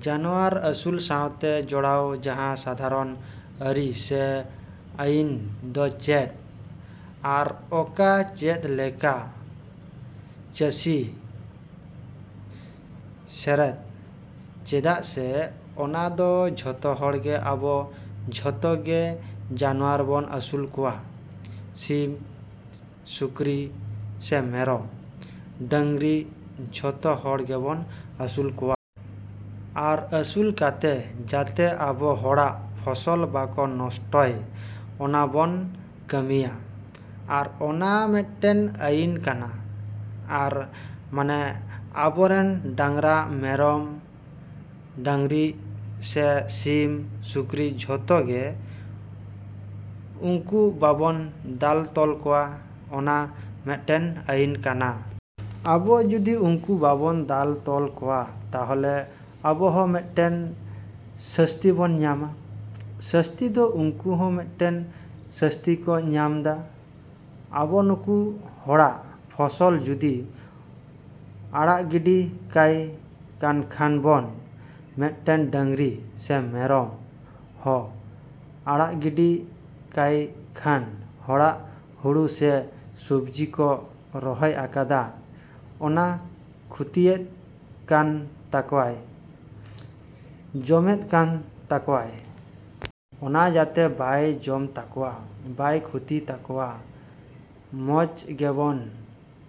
‎ᱡᱟᱱᱣᱟᱨ ᱟᱹᱥᱩᱞ ᱥᱟᱶᱛᱮ ᱡᱚᱲᱟᱣ ᱡᱟᱸᱦᱟ ᱥᱟᱫᱷᱟᱨᱚᱱ ᱟᱹᱨᱤ ᱥᱮ ᱟᱹᱭᱤᱱ ᱫᱚ ᱪᱮᱫ? ᱟᱨ ᱚᱠᱟ ᱪᱮᱫ ᱞᱮᱠᱟ ᱪᱟᱹᱥᱤ ᱥᱮᱨᱮᱫ? ᱪᱮᱫᱟᱜ ᱥᱮ ᱚᱱᱟ ᱫᱚ ᱡᱚᱛᱚ ᱦᱚᱲ ᱜᱮ ᱟᱵᱚ ᱡᱚᱛᱚ ᱜᱮ ᱡᱟᱱᱣᱟᱨ ᱵᱚᱱ ᱟᱹᱥᱩᱞ ᱠᱚᱣᱟ, ᱥᱤᱢ, ᱥᱩᱠᱨᱤ ᱥᱮ ᱢᱮᱨᱚᱢ, ᱰᱟᱹᱝᱨᱤ ᱡᱚᱛᱚ ᱦᱚᱲ ᱜᱮᱵᱚᱱ ᱟᱹᱥᱩᱞ ᱠᱚᱣᱟ᱾ ᱟᱨ ᱟᱹᱥᱩᱞ ᱠᱟᱛᱮ ᱡᱟᱛᱮ ᱟᱵᱚ ᱦᱚᱲᱟᱜ ᱯᱷᱚᱥᱚᱞ ᱵᱟᱠᱚ ᱱᱚᱥᱴᱚᱭ, ᱚᱱᱟ ᱵᱚᱱ ᱠᱟᱹᱢᱤᱭᱟ᱾ ᱟᱨ ᱚᱱᱟ ᱢᱤᱫᱴᱮᱱ ᱟᱹᱭᱤᱱ ᱠᱟᱱᱟ᱾ ᱟᱨ ᱢᱟᱱᱮ ᱟᱵᱚᱨᱮᱱ ᱰᱟᱝᱨᱟ, ᱢᱮᱨᱚᱢ, ᱰᱟᱹᱝᱨᱤ ᱥᱮ ᱥᱤᱢ, ᱥᱩᱠᱨᱤ ᱡᱚᱛᱚ ᱜᱮ ᱩᱱᱠᱩ ᱵᱟᱵᱚᱱ ᱫᱟᱞ ᱛᱚᱞ ᱠᱚᱣᱟ, ᱚᱱᱟ ᱢᱤᱫᱴᱮᱱ ᱟᱹᱭᱤᱱ ᱠᱟᱱᱟ᱾ ᱟᱵᱚ ᱡᱩᱫᱤ ᱩᱱᱠᱩ ᱵᱚᱱ ᱫᱟᱞ ᱛᱚᱞ ᱠᱚᱣᱟ ᱛᱟᱦᱚᱞᱮ ᱟᱵᱚ ᱦᱚᱸ ᱢᱤᱫᱴᱮᱱ ᱥᱟᱹᱥᱛᱤ ᱵᱚᱱ ᱧᱟᱢᱟ᱾ ᱥᱟᱹᱥᱛᱤ ᱫᱚ ᱩᱱᱠᱩ ᱦᱚᱸ ᱢᱤᱫᱴᱮᱱ ᱥᱟᱹᱥᱛᱤ ᱠᱚ ᱧᱟᱢᱫᱟ᱾ ᱟᱵᱚ ᱩᱱᱠᱩ ᱦᱚᱲᱟᱜ ᱯᱷᱚᱥᱚᱞ ᱡᱩᱫᱤ ᱟᱲᱟᱜ ᱜᱤᱰᱤ ᱠᱟᱭ ᱠᱷᱟᱱ ᱵᱚᱱ, ᱢᱤᱫᱴᱮᱱ ᱰᱟᱹᱝᱨᱤ ᱥᱮ ᱢᱮᱨᱚᱢ ᱦᱚᱸ ᱟᱲᱟᱜ ᱜᱤᱰᱤ ᱠᱟᱭᱠᱷᱟᱱ ᱦᱚᱲᱟᱜ ᱦᱩᱲᱩ ᱥᱮ ᱥᱚᱵᱽᱡᱤ ᱠᱚ ᱨᱚᱦᱚᱭ ᱟᱠᱟᱫᱟ, ᱚᱱᱟ ᱠᱷᱚᱛᱤᱭᱮᱫ ᱠᱟᱱ ᱛᱟᱠᱚᱣᱟᱭ, ᱡᱚᱢᱮᱫ ᱠᱟᱱ ᱛᱟᱠᱚᱣᱟᱭ᱾ ᱚᱱᱟ ᱡᱟᱛᱮ ᱵᱟᱭ ᱡᱚᱢ ᱛᱟᱠᱚ, ᱵᱟᱭ ᱠᱷᱚᱛᱤᱭ ᱛᱟᱠᱚ, ᱢᱚᱡᱽ ᱜᱮᱵᱚᱱ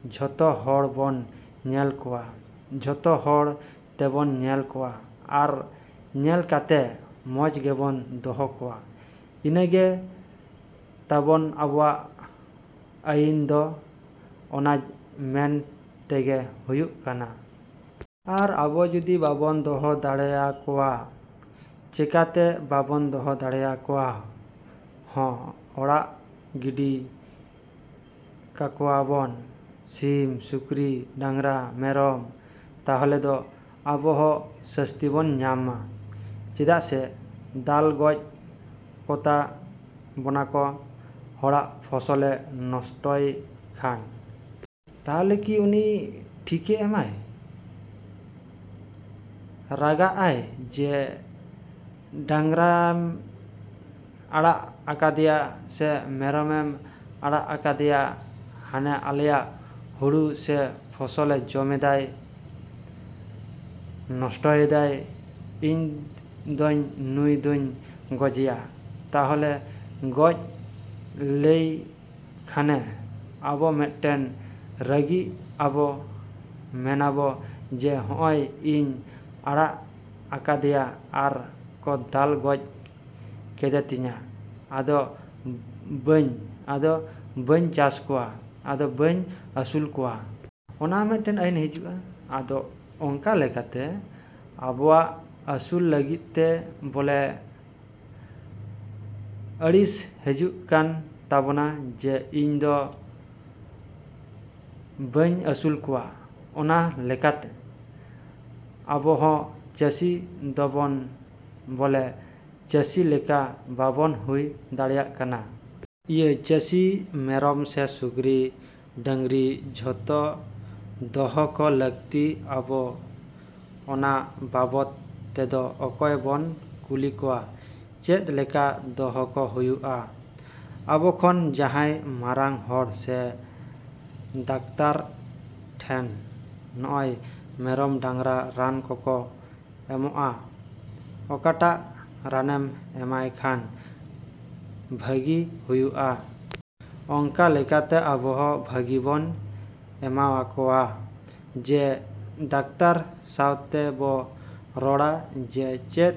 ᱡᱚᱛᱚ ᱦᱚᱲ ᱵᱚᱱ ᱧᱮᱞ ᱠᱚᱣᱟ, ᱡᱚᱛᱚ ᱦᱚᱲ ᱛᱮᱵᱚᱱ ᱧᱮᱞ ᱠᱚᱣᱟ᱾ ᱟᱨ ᱧᱮᱞ ᱠᱟᱛᱮᱫ ᱢᱚᱡᱽ ᱜᱮᱵᱚᱱ ᱫᱚᱦᱚ ᱠᱚᱣᱟ᱾ ᱤᱱᱟᱹ ᱜᱮ ᱛᱟᱵᱚᱱ ᱟᱵᱚᱣᱟᱜ ᱟᱹᱭᱤᱱ ᱫᱚ ᱚᱱᱟ ᱢᱮᱱ ᱛᱮᱜᱮ ᱦᱩᱭᱩᱜ ᱠᱟᱱᱟ᱾ ᱟᱨ ᱟᱵᱚ ᱡᱩᱫᱤ ᱵᱟᱵᱚᱱ ᱫᱚᱦᱚ ᱫᱟᱲᱮ ᱟᱠᱚᱣᱟ, ᱪᱮᱠᱟ ᱛᱮ ᱵᱟᱵᱚᱱ ᱫᱚᱦᱚ ᱫᱟᱲᱮᱭᱟᱠᱚᱣᱟ ᱦᱚᱸ ᱟᱲᱟᱜ ᱜᱤᱰᱤ ᱠᱟᱠᱚᱣᱟᱵᱚᱱ ᱥᱤᱢ, ᱥᱩᱠᱨᱤ, ᱰᱟᱝᱨᱟ, ᱢᱮᱨᱚᱢ, ᱛᱟᱦᱚᱞᱮ ᱫᱚ ᱟᱵᱚ ᱦᱚᱸ ᱥᱟᱹᱥᱛᱤ ᱵᱚᱱ ᱧᱟᱢᱟ᱾ ᱪᱮᱫᱟᱜ ᱥᱮ ᱫᱟᱞ ᱜᱚᱡ ᱠᱚᱛᱟ ᱵᱚᱱᱟ ᱠᱚ ᱦᱚᱲᱟᱜ ᱯᱷᱚᱥᱚᱞᱮ ᱱᱚᱥᱴᱚᱭ ᱠᱷᱟᱱ᱾ ᱛᱟᱦᱚᱞᱮ ᱠᱤ ᱩᱱᱤ ᱴᱷᱤᱠᱮ ᱢᱮᱱᱟᱭ, ᱨᱟᱸᱜᱟᱜ ᱟᱭ ᱡᱮ ᱚ ᱰᱟᱝᱨᱟᱭᱮᱢ ᱟᱲᱟᱜ ᱟᱠᱟᱫᱮᱭᱟ ᱥᱮ ᱢᱮᱨᱚᱢᱮᱢ ᱟᱲᱟᱜ ᱟᱠᱟᱫᱮᱭᱟ, ᱦᱟᱱᱮ ᱟᱞᱮᱭᱟᱜ ᱦᱩᱲᱩ ᱥᱮ ᱯᱷᱚᱥᱚᱞᱮ ᱡᱚᱢᱮᱫᱟᱭ, ᱱᱚᱥᱴᱚᱭᱮᱫᱟᱭ, ᱤᱧ ᱫᱚᱧ ᱱᱩᱭ ᱫᱚᱧ ᱜᱚᱡᱮᱭᱟ᱾ ᱛᱟᱦᱚᱞᱮ ᱜᱚᱡ ᱞᱮᱭᱠᱷᱟᱱᱮ ᱟᱵᱚ ᱢᱤᱫᱴᱮᱱ ᱨᱟᱹᱜᱤᱜ ᱟᱵᱚ ᱢᱮᱱᱟᱵᱚ ᱡᱮ ᱦᱚᱜᱼᱚᱭ ᱤᱧ ᱟᱲᱟᱜ ᱟᱠᱟᱫᱮᱭᱟ ᱟᱨ ᱠᱚ ᱫᱟᱞ ᱜᱚᱡ ᱠᱮᱫᱮ ᱛᱤᱧᱟᱹ, ᱟᱫᱚ ᱵᱟᱹᱧ ᱟᱫᱚ ᱵᱟᱹᱧ ᱪᱟᱥ ᱠᱚᱣᱟ, ᱟᱫᱚ ᱵᱟᱹᱧ ᱟᱹᱥᱩᱞ ᱠᱚᱣᱟ᱾ ᱚᱱᱟ ᱢᱤᱫᱴᱮᱱ ᱟᱹᱲᱤᱥ ᱦᱤᱡᱩᱜᱼᱟ᱾ ᱟᱫᱚ ᱚᱱᱠᱟ ᱞᱮᱠᱟᱛᱮ ᱟᱵᱚᱣᱟᱜ ᱟᱹᱥᱩᱞ ᱞᱟᱹᱜᱤᱫ ᱛᱮ ᱵᱚᱞᱮ ᱟᱹᱲᱤᱥ ᱦᱤᱡᱩᱜ ᱠᱟᱱ ᱛᱟᱵᱚᱱᱟ ᱡᱮ ᱤᱧ ᱫᱚ ᱵᱟᱹᱧ ᱟᱹᱥᱩᱞ ᱠᱚᱣᱟ᱾ ᱚᱱᱟ ᱞᱮᱠᱟ ᱛᱮ ᱟᱵᱚ ᱦᱚᱸ ᱪᱟᱹᱥᱤ ᱫᱚᱵᱚᱱ ᱵᱚᱞᱮ ᱪᱟᱹᱥᱤ ᱞᱮᱠᱟ ᱵᱟᱵᱚᱱ ᱦᱩᱭ ᱫᱟᱲᱮᱭᱟᱜ ᱠᱟᱱᱟ᱾ ᱤᱭᱟᱹ ᱪᱟᱹᱥᱤ ᱢᱮᱨᱚᱢ ᱥᱮ ᱥᱩᱠᱨᱤ, ᱰᱟᱹᱝᱨᱤ ᱡᱚᱛᱚ ᱫᱚᱦᱚ ᱠᱚ ᱞᱟᱹᱜᱤᱫ ᱟᱵᱚ ᱚᱱᱟ ᱵᱟᱵᱚᱫ ᱛᱮᱫᱚ ᱚᱠᱚᱭ ᱵᱚᱱ ᱠᱩᱞᱤ ᱠᱚᱣᱟ ᱪᱮᱫ ᱞᱮᱠᱟ ᱫᱚᱦᱚ ᱠᱚ ᱦᱩᱭᱩᱜᱼᱟ? ᱟᱵᱚ ᱠᱷᱚᱱ ᱡᱟᱦᱟᱸᱭ ᱢᱟᱨᱟᱝ ᱦᱚᱲ ᱥᱮ ᱰᱟᱠᱛᱟᱨ ᱴᱷᱮᱱ ᱱᱚᱜᱼᱚᱭ ᱢᱮᱨᱚᱢ ᱰᱟᱝᱨᱟ ᱨᱟᱱ ᱠᱚᱠᱚ ᱮᱢᱚᱜᱼᱟ, ᱚᱠᱟᱴᱟᱜ ᱨᱟᱱᱮᱢ ᱮᱢᱟᱭ ᱠᱷᱟᱱ ᱵᱷᱟᱹᱜᱤ ᱦᱩᱭᱩᱜᱼᱟ᱾ ᱚᱱᱠᱟ ᱞᱮᱠᱟᱛᱮ ᱟᱵᱚ ᱦᱚᱸ ᱵᱷᱟᱹᱜᱤ ᱵᱚᱱ ᱮᱢᱟᱣᱟᱠᱚᱣᱟ ᱡᱮ ᱰᱟᱠᱛᱟᱨ ᱥᱟᱣᱛᱮ ᱵᱚ ᱨᱚᱲᱟ ᱡᱮ ᱪᱮᱫ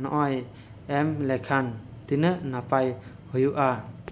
ᱱᱚᱜᱼᱚᱭ ᱮᱢ ᱞᱮᱠᱷᱟᱱ ᱛᱤᱱᱟ.ᱜ ᱱᱟᱯᱟᱭ ᱦᱳᱭᱳᱜ ᱟ᱾